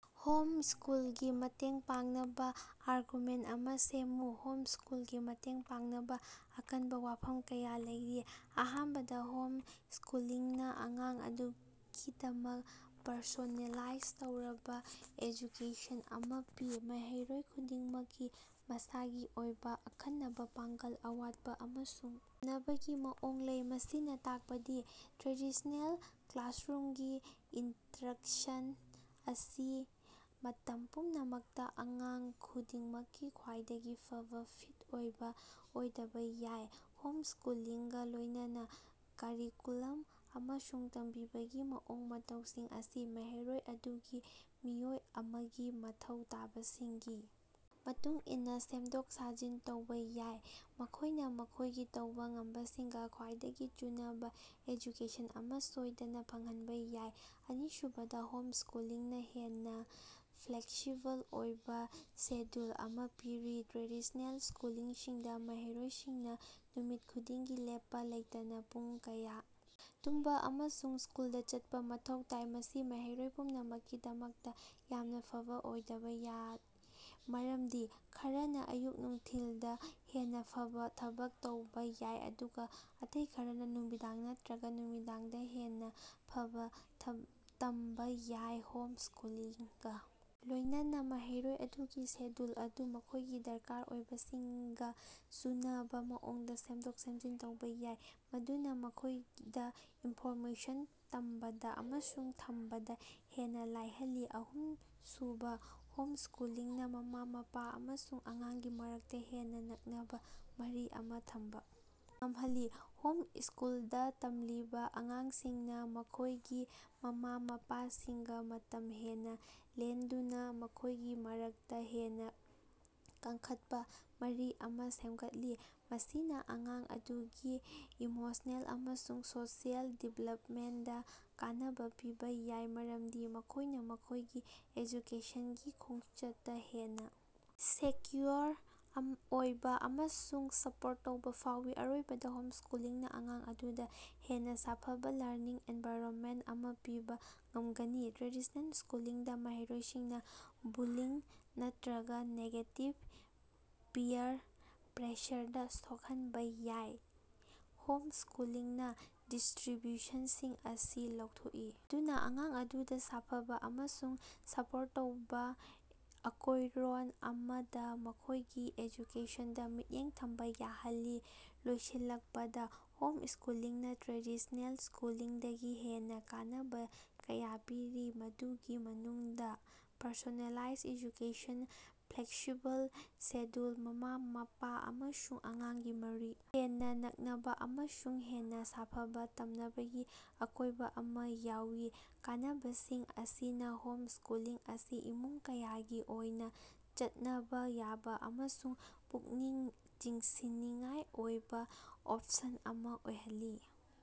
Home ꯁ꯭ꯀꯨꯜꯒꯤ ꯃꯇꯦꯡ ꯄꯥꯡꯅꯕꯥ ꯑꯥꯔꯒꯨꯃꯦꯟꯇ ꯑꯃꯥ ꯁꯦꯝꯃꯨ꯫ ꯍꯣꯝ ꯁ꯭ꯀꯨꯜꯒꯤ ꯃꯇꯦꯡ ꯄꯥꯡꯅꯕꯥ ꯑꯀꯟꯕꯥ ꯋꯥꯐꯝ ꯀꯌꯥ ꯂꯩꯔꯤ꯫ ꯑꯍꯥꯟꯕꯗꯥ, ꯍꯣꯝ ꯁ꯭ꯀꯨꯂꯤꯡꯅꯥ ꯑꯉꯥꯡ ꯑꯗꯨꯒꯤꯗꯃꯛ ꯄꯔꯁꯣꯅꯦꯂꯥꯏꯖ ꯇꯧꯔꯕꯥ ꯑꯦꯖꯨꯀꯦꯁꯟ ꯑꯃꯥ ꯄꯤ꯫ ꯃꯍꯩꯔꯣꯏ ꯈꯨꯗꯤꯡꯃꯛꯀꯤ ꯃꯁꯥꯒꯤ ꯑꯣꯏꯕꯥ ꯑꯈꯟꯅꯕꯥ ꯄꯥꯡꯒꯜ, ꯑꯋꯥꯠꯄꯥ ꯑꯃꯁꯨꯡ ꯇꯝꯅꯕꯒꯤ ꯃꯑꯣꯡ ꯂꯩ꯫ ꯃꯁꯤꯅꯥ ꯇꯥꯛꯄꯗꯤ ꯇ꯭ꯔꯦꯗꯤꯁꯅꯦꯜ ꯀ꯭ꯂꯥꯁꯔꯨꯝꯒꯤ ꯏꯟꯁꯇ꯭ꯔꯛꯁꯟ ꯑꯁꯤ ꯃꯇꯝ ꯄꯨꯝꯅꯃꯛꯇꯥ ꯑꯉꯥꯡ ꯈꯨꯗꯤꯡꯃꯛꯀꯤ ꯈ꯭ꯋꯥꯏꯗꯒꯤ ꯐꯕꯥ ꯐꯤꯠ ꯑꯣꯏꯕꯥ ꯑꯣꯏꯗꯕꯥ ꯌꯥꯏ꯫ ꯍꯣꯝ ꯁ꯭ꯀꯨꯂꯤꯡꯒꯥ ꯂꯣꯏꯅꯅꯥ, ꯀꯔꯤꯀꯨꯂꯝ ꯑꯃꯁꯨꯡ ꯇꯝꯕꯤꯕꯒꯤ ꯃꯑꯣꯡ-ꯃꯇꯧꯁꯤꯡ ꯑꯁꯤ ꯃꯍꯩꯔꯣꯏ ꯑꯗꯨꯒꯤ ꯃꯤꯑꯣꯏ ꯑꯃꯒꯤ ꯃꯊꯧ ꯇꯥꯕꯁꯤꯡꯒꯤ ꯃꯇꯨꯡꯏꯟꯅꯥ ꯁꯦꯝꯗꯣꯛ-ꯁꯦꯝꯖꯤꯟ ꯇꯧꯕꯥ ꯌꯥꯏ, ꯃꯈꯣꯏꯅꯥ ꯃꯈꯣꯏꯒꯤ ꯇꯧꯕꯥ ꯉꯝꯕꯁꯤꯡꯒꯥ ꯈ꯭ꯋꯥꯏꯗꯒꯤ ꯆꯨꯅꯕꯥ ꯑꯦꯖꯨꯀꯦꯁꯟ ꯑꯃꯥ ꯁꯣꯏꯗꯅꯥ ꯐꯪꯍꯟꯕꯥ ꯌꯥꯏ꯫ ꯑꯅꯤꯁꯨꯕꯗꯥ, ꯍꯣꯝ ꯁ꯭ꯀꯨꯂꯤꯡꯅꯥ ꯍꯦꯟꯅꯥ ꯐ꯭ꯂꯦꯛꯁꯤꯕꯜ ꯑꯣꯏꯕꯥ ꯁꯦꯗ꯭ꯌꯨꯜ ꯑꯃꯥ ꯄꯤꯔꯤ꯫ ꯇ꯭ꯔꯦꯗꯤꯁꯅꯦꯜ ꯁ꯭ꯀꯨꯂꯁꯤꯡꯗꯥ, ꯃꯍꯩꯔꯣꯏꯁꯤꯡꯅꯥ ꯅꯨꯃꯤꯠ ꯈꯨꯗꯤꯡꯒꯤ ꯂꯦꯞꯄꯥ ꯂꯩꯇꯅꯥ ꯄꯨꯡ ꯀꯌꯥ ꯇꯨꯝꯕꯥ ꯑꯃꯁꯨꯡ ꯁ꯭ꯀꯨꯜꯗꯥ ꯆꯠꯄꯥ ꯃꯊꯧ ꯇꯥꯏ꯫ ꯃꯁꯤ ꯃꯍꯩꯔꯣꯏ ꯄꯨꯝꯅꯃꯛꯀꯤꯗꯃꯛꯇꯥ ꯌꯥꯝꯅꯥ ꯐꯕꯥ ꯑꯣꯏꯗꯕꯥ ꯌꯥꯏ, ꯃꯔꯝꯗꯤ ꯈꯔꯅꯥ ꯑꯌꯨꯛ-ꯅꯨꯡꯊꯤꯜꯗꯥ ꯍꯦꯟꯅꯥ ꯐꯕꯥ ꯊꯕꯛ ꯇꯧꯕꯥ ꯌꯥꯏ, ꯑꯗꯨꯒꯥ ꯑꯇꯩ ꯈꯔꯅꯥ ꯅꯨꯃꯤꯗꯥꯡ ꯅꯠꯇ꯭ꯔꯒꯥ ꯅꯨꯃꯤꯗꯥꯡꯗꯥ ꯍꯦꯟꯅꯥ ꯐꯕꯥ ꯇꯝꯕꯥ ꯌꯥꯏ꯫ ꯍꯣꯝ ꯁ꯭ꯀꯨꯂꯤꯡꯒꯥ ꯂꯣꯏꯅꯅꯥ, ꯃꯍꯩꯔꯣꯏ ꯑꯗꯨꯒꯤ ꯁꯦꯗ꯭ꯌꯨꯜ ꯑꯗꯨ ꯃꯈꯣꯏꯒꯤ ꯗꯔꯀꯥꯔ ꯑꯣꯏꯕꯁꯤꯡꯒꯥ ꯆꯨꯅꯕꯥ ꯃꯑꯣꯡꯗꯥ ꯁꯦꯝꯗꯣꯛ-ꯁꯦꯝꯖꯤꯟ ꯇꯧꯕꯥ ꯌꯥꯏ, ꯃꯗꯨꯅꯥ ꯃꯈꯣꯏꯗꯥ ꯏꯟꯐꯣꯔꯃꯦꯁꯟ ꯇꯝꯕꯗꯥ ꯑꯃꯁꯨꯡ ꯊꯝꯕꯗꯥ ꯍꯦꯟꯅꯥ ꯂꯥꯏꯍꯜꯂꯤ꯫ ꯑꯍꯨꯝꯁꯨꯕꯥ, ꯍꯣꯝ ꯁ꯭ꯀꯨꯂꯤꯡꯅꯥ ꯃꯃꯥ-ꯃꯄꯥ ꯑꯃꯁꯨꯡ ꯑꯉꯥꯡꯒꯤ ꯃꯔꯛꯇꯥ ꯍꯦꯟꯅꯥ ꯅꯛꯅꯕꯥ ꯃꯔꯤ ꯑꯃꯥ ꯊꯝꯕꯥ ꯉꯝꯍꯜꯂꯤ꯫ ꯍꯣꯝ ꯁ꯭ꯀꯨꯜꯗꯥ ꯇꯝꯂꯤꯕꯥ ꯑꯉꯥꯡꯁꯤꯡꯅꯥ ꯃꯈꯣꯏꯒꯤ ꯃꯃꯥ-ꯃꯄꯥꯁꯤꯡꯒꯥ ꯃꯇꯝ ꯍꯦꯟꯅꯥ ꯂꯦꯟꯗꯨꯅꯥ ꯃꯈꯣꯏꯒꯤ ꯃꯔꯛꯇꯥ ꯍꯦꯟꯅꯥ ꯀꯟꯈꯠꯄꯥ ꯃꯔꯤ ꯑꯃꯥ ꯁꯦꯝꯒꯠꯂꯤ꯫ ꯃꯁꯤꯅꯥ ꯑꯉꯥꯡ ꯑꯗꯨꯒꯤ ꯏꯃꯣꯁꯅꯦꯜ ꯑꯃꯁꯨꯡ ꯁꯣꯁꯤꯑꯦꯜ ꯗꯤꯚꯦꯂꯞꯃꯦꯟꯗꯥ ꯀꯥꯟꯅꯕꯥ ꯄꯤꯕꯥ ꯌꯥꯏ, ꯃꯔꯝꯗꯤ ꯃꯈꯣꯏꯅꯥ ꯃꯈꯣꯏꯒꯤ ꯑꯦꯖꯨꯀꯦꯁꯟꯒꯤ ꯈꯣꯡꯆꯠꯇꯥ ꯍꯦꯟꯅꯥ ꯁꯦꯛꯌꯨꯑꯣꯔ ꯑꯣꯏꯕꯥ ꯑꯃꯁꯨꯡ ꯁꯄꯣꯔꯠ ꯇꯧꯕꯥ ꯐꯥꯎꯏ꯫ ꯑꯔꯣꯏꯕꯗꯥ, ꯍꯣꯝ ꯁ꯭ꯀꯨꯂꯤꯡꯅꯥ ꯑꯉꯥꯡ ꯑꯗꯨꯗꯥ ꯍꯦꯟꯅꯥ ꯁꯥꯐꯕꯥ ꯂꯔꯅꯤꯡ ꯑꯦꯟꯚꯥꯏꯔꯟꯃꯦꯟꯇ ꯑꯃꯥ ꯄꯤꯕꯥ ꯉꯝꯒꯅꯤ꯫ ꯇ꯭ꯔꯦꯗꯤꯁꯅꯦꯜ ꯁ꯭ꯀꯨꯜꯁꯤꯡꯗꯥ, ꯃꯍꯩꯔꯣꯏꯁꯤꯡꯅꯥ ꯕꯨꯜꯂꯤꯡ ꯅꯠꯇ꯭ꯔꯒꯥ ꯅꯦꯒꯦꯇꯤꯚ ꯄꯤꯌꯔ ꯄ꯭ꯔꯦꯁꯔꯗꯥ ꯁꯣꯛꯍꯟꯕꯥ ꯌꯥꯏ꯫ ꯍꯣꯝ ꯁ꯭ꯀꯨꯂꯤꯡꯅꯥ ꯗꯤꯁꯇ꯭ꯔꯤꯕ꯭ꯌꯨꯁꯟꯁꯤꯡ ꯑꯁꯤ ꯂꯧꯊꯣꯛꯏ, ꯃꯗꯨꯅꯥ ꯑꯉꯥꯡ ꯑꯗꯨꯕꯨ ꯁꯥꯐꯕꯥ ꯑꯃꯁꯨꯡ ꯁꯄꯣꯔꯠ ꯇꯧꯕꯥ ꯑꯀꯣꯏꯔꯣꯟ ꯑꯃꯗꯥ ꯃꯈꯣꯏꯒꯤ ꯑꯦꯖꯨꯀꯦꯁꯟꯗꯥ ꯃꯤꯠꯌꯦꯡ ꯊꯝꯕꯥ ꯌꯥꯍꯜꯂꯤ꯫ ꯂꯣꯏꯁꯤꯜꯂꯛꯄꯗꯥ, ꯍꯣꯝ ꯁ꯭ꯀꯨꯂꯤꯡꯅꯥ ꯇ꯭ꯔꯦꯗꯤꯁꯅꯦꯜ ꯁ꯭ꯀꯨꯂꯤꯡꯗꯒꯤ ꯍꯦꯟꯅꯥ ꯀꯥꯟꯅꯕꯥ ꯀꯌꯥ ꯄꯤꯔꯤ, ꯃꯗꯨꯒꯤ ꯃꯅꯨꯡꯗꯥ ꯄꯔꯁꯣꯅꯦꯂꯥꯏꯖ ꯑꯦꯖꯨꯀꯦꯁꯟ, ꯐ꯭ꯂꯦꯛꯁꯤꯕꯜ ꯁꯦꯗ꯭ꯌꯨꯜ, ꯃꯃꯥ-ꯃꯄꯥ ꯑꯃꯁꯨꯡ ꯑꯉꯥꯡꯒꯤ ꯃꯔꯤ ꯍꯦꯟꯅꯥ ꯅꯛꯅꯕꯥ, ꯑꯃꯁꯨꯡ ꯍꯦꯟꯅꯥ ꯁꯥꯐꯕꯥ ꯇꯝꯅꯕꯒꯤ ꯑꯀꯣꯏꯕꯥ ꯑꯃꯥ ꯌꯥꯎꯏ꯫ ꯀꯥꯟꯅꯕꯁꯤꯡ ꯑꯁꯤꯅꯥ ꯍꯣꯝ ꯁ꯭ꯀꯨꯂꯤꯡ ꯑꯁꯤ ꯏꯃꯨꯡ ꯀꯌꯥꯒꯤ ꯑꯣꯏꯅꯥ ꯆꯠꯅꯕꯥ ꯌꯥꯕꯥ ꯑꯃꯁꯨꯡ ꯄꯨꯛꯅꯤꯡ ꯆꯤꯡꯁꯤꯟꯅꯤꯡꯉꯥꯏ ꯑꯣꯏꯕꯥ ꯑꯣꯞꯁꯟ ꯑꯃ ꯑꯣꯏꯍꯜꯂꯤ꯫